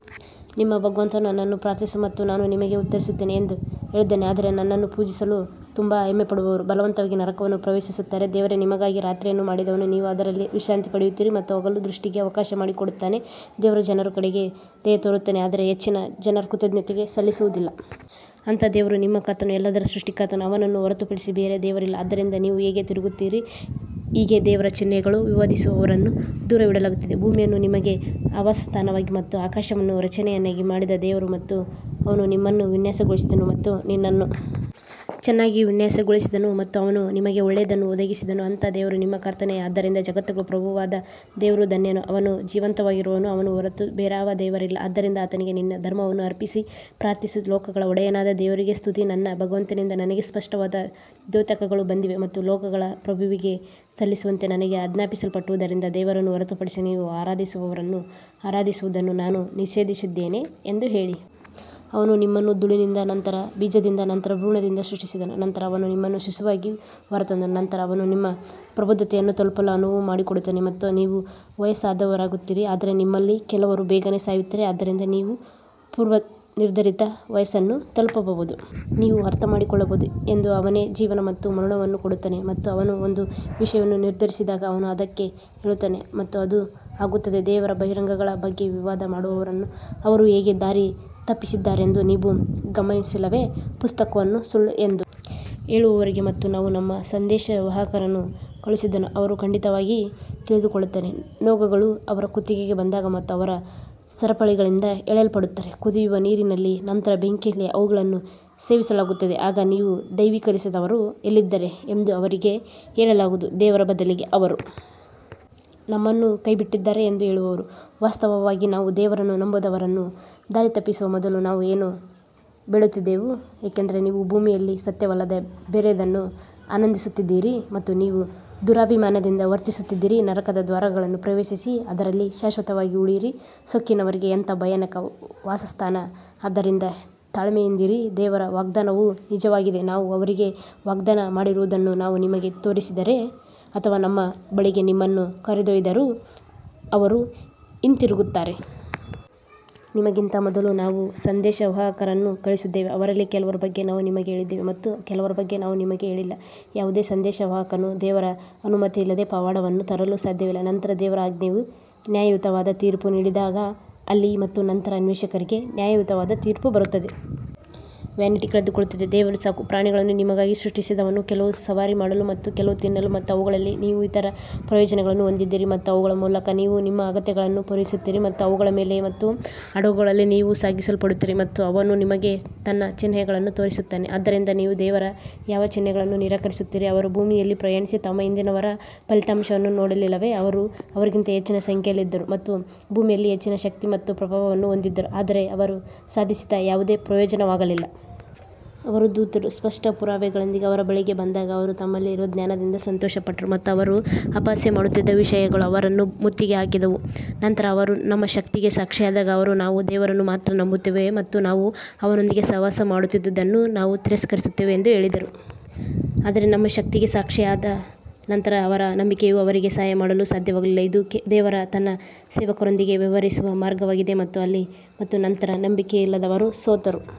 ನಿಮ್ಮ ಭಗವಂತನು ನನ್ನನ್ನು ಪ್ರಾರ್ಥಿಸು ಮತ್ತು ನಾನು ನಿಮಗೆ ಉತ್ತರಿಸುತ್ತೇನೆ ಎಂದು ಹೇಳಿದ್ದಾನೆ ಆದರೆ ನನ್ನನ್ನು ಪೂಜಿಸಲು ತುಂಬಾ ಹೆಮ್ಮೆಪಡುವವರು ಬಲವಂತವಾಗಿ ನರಕವನ್ನು ಪ್ರವೇಶಿಸುತ್ತಾರೆ ದೇವರೇ ನಿಮಗಾಗಿ ರಾತ್ರಿಯನ್ನು ಮಾಡಿದವನು ನೀವು ಅದರಲ್ಲಿ ವಿಶ್ರಾಂತಿ ಪಡೆಯುತ್ತೀರಿ ಮತ್ತು ಹಗಲು ದೃಷ್ಟಿಗೆ ಅವಕಾಶ ಮಾಡಿಕೊಡುತ್ತಾನೆ ದೇವರು ಜನರ ಕಡೆಗೆ ದಯೆತೋರುತ್ತಾನೆ ಆದರೆ ಹೆಚ್ಚಿನ ಜನರು ಕೃತಜ್ಞತೆ ಸಲ್ಲಿಸುವುದಿಲ್ಲ. ಅಂತಹ ದೇವರು ನಿಮ್ಮ ಕರ್ತನು ಎಲ್ಲದರ ಸೃಷ್ಟಿಕರ್ತನು ಅವನನ್ನು ಹೊರತುಪಡಿಸಿ ಬೇರೆ ದೇವರಿಲ್ಲ, ಆದ್ದರಿಂದ ನೀವು ಹೇಗೆ ತಿರುಗುತ್ತೀರಿ ಹೀಗೆ ದೇವರ ಚಿಹ್ನೆಗಳನ್ನು ವಿವಾದಿಸುವವರನ್ನು ದೂರವಿಡಲಾಗುತ್ತದೆ ಭೂಮಿಯನ್ನು ನಿಮಗೆ ಆವಾಸಸ್ಥಾನವಾಗಿ ಮತ್ತು ಆಕಾಶವನ್ನು ರಚನೆಯನ್ನಾಗಿ ಮಾಡಿದ ದೇವರು ಮತ್ತು ಅವನು ನಿಮ್ಮನ್ನು ವಿನ್ಯಾಸಗೊಳಿಸಿದನು ಮತ್ತು ನಿನ್ನನ್ನು ಚೆನ್ನಾಗಿ ವಿನ್ಯಾಸಗೊಳಿಸಿದನು ಮತ್ತು ಅವನು ನಿಮಗೆ ಒಳ್ಳೆಯದನ್ನು ಒದಗಿಸಿದನು ಅಂತಹ ದೇವರು ನಿಮ್ಮ ಕರ್ತನೇ ಆದ್ದರಿಂದ ಜಗತ್ತುಗಳ ಪ್ರಭುವಾದ ದೇವರು ಧನ್ಯನು ಅವನು ಜೀವಂತವಾಗಿರುವವನು ಅವನ ಹೊರತು ಬೇರಾವ ದೇವರಿಲ್ಲ ಆದ್ದರಿಂದ ಆತನಿಗೆ ನಿನ್ನ ಧರ್ಮವನ್ನು ಅರ್ಪಿಸಿ ಪ್ರಾರ್ಥಿಸು ಲೋಕಗಳ ಒಡೆಯನಾದ ದೇವರಿಗೆ ಸ್ತುತಿ ನನ್ನ ಭಗವಂತನಿಂದ ನನಗೆ ಸ್ಪಷ್ಟವಾದ ದ್ಯೋತಕಗಳು ಬಂದಿವೆ ಮತ್ತು ಲೋಕಗಳ ಪ್ರಭುವಿಗೆ ಸಲ್ಲಿಸುವಂತೆ ನನಗೆ ಆಜ್ಞಾಪಿಸಲ್ಪಟ್ಟಿರುವುದರಿಂದ ದೇವರನ್ನು ಹೊರತುಪಡಿಸಿ ನೀವು ಆರಾಧಿಸುವವರನ್ನು ಆರಾಧಿಸುವುದನ್ನು ನಾನು ನಿಷೇಧಿಸಿದ್ದೇನೆ ಎಂದು ಹೇಳಿ. ಅವನು ನಿಮ್ಮನ್ನು ಧೂಳಿನಿಂದ ನಂತರ ಬೀಜದಿಂದ ನಂತರ ಭ್ರೂಣದಿಂದ ಸೃಷ್ಟಿಸಿದನು ನಂತರ ಅವನು ನಿಮ್ಮನ್ನು ಶಿಶುವಾಗಿ ಹೊರತಂದನು ನಂತರ ಅವನು ನಿಮ್ಮ ಪ್ರಬುದ್ಧತೆಯನ್ನು ತಲುಪಲು ಅನುವು ಮಾಡಿಕೊಡುತ್ತಾನೆ ಮತ್ತು ನೀವು ವಯಸ್ಸಾದವರಾಗುತ್ತೀರಿ ಆದರೆ ನಿಮ್ಮಲ್ಲಿ ಕೆಲವರು ಬೇಗನೆ ಸಾಯುತ್ತಾರೆ, ಆದ್ದರಿಂದ ನೀವು ಪೂರ್ವನಿರ್ಧರಿತ ವಯಸ್ಸನ್ನು ತಲುಪಬಹುದು. ನೀವು ಅರ್ಥಮಾಡಿಕೊಳ್ಳಬಹುದು ಎಂದು ಅವನೇ ಜೀವನ ಮತ್ತು ಮರಣವನ್ನು ಕೊಡುತ್ತಾನೆ ಮತ್ತು ಅವನು ಒಂದು ವಿಷಯವನ್ನು ನಿರ್ಧರಿಸಿದಾಗ ಅವನು ಅದಕ್ಕೆ ಹೇಳುತ್ತಾನೆ ಮತ್ತು ಅದು ಆಗುತ್ತದೆ ದೇವರ ಬಹಿರಂಗಗಳ ಬಗ್ಗೆ ವಿವಾದ ಮಾಡುವವರನ್ನು ಅವರು ಹೇಗೆ ದಾರಿ ತಪ್ಪಿಸಿದ್ದಾರೆಂದು ನೀವು ಗಮನಿಸಿಲ್ಲವೇ? ಪುಸ್ತಕವನ್ನು ಸುಳ್ಳು ಎಂದು ಹೇಳುವವರಿಗೆ ಮತ್ತು ನಾವು ನಮ್ಮ ಸಂದೇಶವಾಹಕರನ್ನು ಕಳುಹಿಸಿದ್ದನ್ನು ಅವರು ಖಂಡಿತವಾಗಿ ತಿಳಿದುಕೊಳ್ಳುತ್ತಾರೆ ನೊಗಗಳು ಅವರ ಕುತ್ತಿಗೆಗೆ ಬಂದಾಗ ಮತ್ತು ಅವರು ಸರಪಳಿಗಳಿಂದ ಎಳೆಯಲ್ಪಡುತ್ತಾರೆ ಕುದಿಯುವ ನೀರಿನಲ್ಲಿ ನಂತರ ಬೆಂಕಿಯಲ್ಲಿ ಅವುಗಳನ್ನು ಸೇವಿಸಲಾಗುತ್ತದೆ ಆಗ ನೀವು ದೈವೀಕರಿಸಿದವರು ಎಲ್ಲಿದ್ದಾರೆ ಎಂದು ಅವರಿಗೆ ಹೇಳಲಾಗುವುದು ದೇವರ ಬದಲಿಗೆ ಅವರು ನಮ್ಮನ್ನು ಕೈಬಿಟ್ಟಿದ್ದಾರೆ ಎಂದು ಹೇಳುವರು ವಾಸ್ತವವಾಗಿ ನಾವು ದೇವರನ್ನು ನಂಬದವರನ್ನು ದಾರಿತಪ್ಪಿಸುವ ಮೊದಲು ನಾವು ಏನೂ ಬೇಡುತ್ತಿದ್ದೆವು ಏಕೆಂದರೆ ನೀವು ಭೂಮಿಯಲ್ಲಿ ಸತ್ಯವಲ್ಲದೆ ಬೇರೆಯದನ್ನು ಆನಂದಿಸುತ್ತಿದ್ದಿರಿ ಮತ್ತು ನೀವು ದುರಭಿಮಾನದಿಂದ ವರ್ತಿಸುತ್ತಿದ್ದಿರಿ ನರಕದ ದ್ವಾರಗಳನ್ನು ಪ್ರವೇಶಿಸಿ ಅದರಲ್ಲಿ ಶಾಶ್ವತವಾಗಿ ಉಳಿಯಿರಿ ಸೊಕ್ಕಿನವರಿಗೆ ಎಂತಹ ಭಯಾನಕ ವಾಸಸ್ಥಾನ ಆದ್ದರಿಂದ ತಾಳ್ಮೆಯಿಂದಿರಿ ದೇವರ ವಾಗ್ದಾನವು ನಿಜವಾಗಿದೆ ನಾವು ಅವರಿಗೆ ವಾಗ್ದಾನ ಮಾಡಿರುವುದನ್ನು ನಾವು ನಿಮಗೆ ತೋರಿಸಿದರೆ ಅಥವಾ ನಮ್ಮ ಬಳಿಗೆ ನಿಮ್ಮನ್ನು ಕರೆದೊಯ್ದರೂ ಅವರು ಹಿಂತಿರುಗುತ್ತಾರೆ. ನಿಮಗಿಂತ ಮೊದಲು ನಾವು ಸಂದೇಶವಾಹಕರನ್ನು ಕಳುಹಿಸಿದ್ದೇವೆ ಅವರಲ್ಲಿ ಕೆಲವರ ಬಗ್ಗೆ ನಾವು ನಿಮಗೆ ಹೇಳಿದ್ದೇವೆ ಮತ್ತು ಕೆಲವರ ಬಗ್ಗೆ ನಾವು ನಿಮಗೆ ಹೇಳಿಲ್ಲ ಯಾವುದೇ ಸಂದೇಶವಾಹಕನು ದೇವರ ಅನುಮತಿಯಿಲ್ಲದೆ ಪವಾಡವನ್ನು ತರಲು ಸಾಧ್ಯವಿಲ್ಲ ನಂತರ ದೇವರ ಆಜ್ಞೆಯು ನ್ಯಾಯಯುತವಾದ ತೀರ್ಪು ನೀಡಿದಾಗ ಅಲ್ಲಿ ಮತ್ತು ನಂತರ ಅನ್ವೇಷಕರಿಗೆ ನ್ಯಾಯಯುತವಾದ ತೀರ್ಪು ಬರುತ್ತದೆ. ವ್ಯಾನಿಟಿ ಕಳೆದುಕೊಳ್ಳುತ್ತದೆ ದೇವರು ಸಾಕು ಪ್ರಾಣಿಗಳನ್ನು ನಿಮಗಾಗಿ ಸೃಷ್ಟಿಸಿದವನು, ಕೆಲವು ಸವಾರಿ ಮಾಡಲು ಮತ್ತು ಕೆಲವು ತಿನ್ನಲು ಮತ್ತು ಅವುಗಳಲ್ಲಿ ನೀವು ಇತರ ಪ್ರಯೋಜನಗಳನ್ನು ಹೊಂದಿದ್ದೀರಿ ಮತ್ತು ಅವುಗಳ ಮೂಲಕ ನೀವು ನಿಮ್ಮ ಅಗತ್ಯಗಳನ್ನು ಪೂರೈಸುತ್ತೀರಿ ಮತ್ತು ಅವುಗಳ ಮೇಲೆ ಮತ್ತು ಹಡಗುಗಳಲ್ಲಿ ನೀವು ಸಾಗಿಸಲ್ಪಡುತ್ತೀರಿ ಮತ್ತು ಅವನು ನಿಮಗೆ ತನ್ನ ಚಿಹ್ನೆಗಳನ್ನು ತೋರಿಸುತ್ತಾನೆ ಆದ್ದರಿಂದ ನೀವು ದೇವರ ಯಾವ ಚಿಹ್ನೆಗಳನ್ನು ನಿರಾಕರಿಸುತ್ತೀರಿ ಅವರು ಭೂಮಿಯಲ್ಲಿ ಪ್ರಯಾಣಿಸಿ ತಮ್ಮ ಹಿಂದಿನವರ ಫಲಿತಾಂಶವನ್ನು ನೋಡಲಿಲ್ಲವೇ ಅವರು ಅವರಿಗಿಂತ ಹೆಚ್ಚಿನ ಸಂಖ್ಯೆಯಲ್ಲಿದ್ದರು ಮತ್ತು ಭೂಮಿಯಲ್ಲಿ ಹೆಚ್ಚಿನ ಶಕ್ತಿ ಮತ್ತು ಪ್ರಭಾವವನ್ನು ಹೊಂದಿದ್ದರು ಆದರೆ ಅವರು ಸಾಧಿಸಿದ ಯಾವುದೇ ಪ್ರಯೋಜನವಾಗಲಿಲ್ಲ. ಅವರ ದೂತರು ಸ್ಪಷ್ಟ ಪುರಾವೆಗಳೊಂದಿಗೆ ಅವರ ಬಳಿಗೆ ಬಂದಾಗ ಅವರು ತಮ್ಮಲ್ಲಿರುವ ಜ್ಞಾನದಿಂದ ಸಂತೋಷಪಟ್ಟರು ಮತ್ತು ಅವರು ಅಪಹಾಸ್ಯ ಮಾಡುತ್ತಿದ್ದ ವಿಷಯಗಳು ಅವರನ್ನು ಮುತ್ತಿಗೆ ಹಾಕಿದವು. ನಂತರ ಅವರು ನಮ್ಮ ಶಕ್ತಿಗೆ ಸಾಕ್ಷಿಯಾದಾಗ ಅವರು ನಾವು ದೇವರನ್ನು ಮಾತ್ರ ನಂಬುತ್ತೇವೆ ಮತ್ತು ನಾವು ಅವನೊಂದಿಗೆ ಸಹವಾಸ ಮಾಡುತ್ತಿದ್ದುದನ್ನು ನಾವು ತಿರಸ್ಕರಿಸುತ್ತೇವೆ ಎಂದು ಹೇಳಿದರು. ಆದರೆ ನಮ್ಮ ಶಕ್ತಿಗೆ ಸಾಕ್ಷಿಯಾದ ನಂತರ ಅವರ ನಂಬಿಕೆಯು ಅವರಿಗೆ ಸಹಾಯ ಮಾಡಲು ಸಾಧ್ಯವಾಗಲಿಲ್ಲ, ಇದು ದೇವರು ತನ್ನ ಸೇವಕರೊಂದಿಗೆ ವ್ಯವಹರಿಸುವ ಮಾರ್ಗವಾಗಿದೆ ಮತ್ತು ಅಲ್ಲಿ ಮತ್ತು ನಂತರ ನಂಬಿಕೆಯಿಲ್ಲದವರು ಸೋತರು.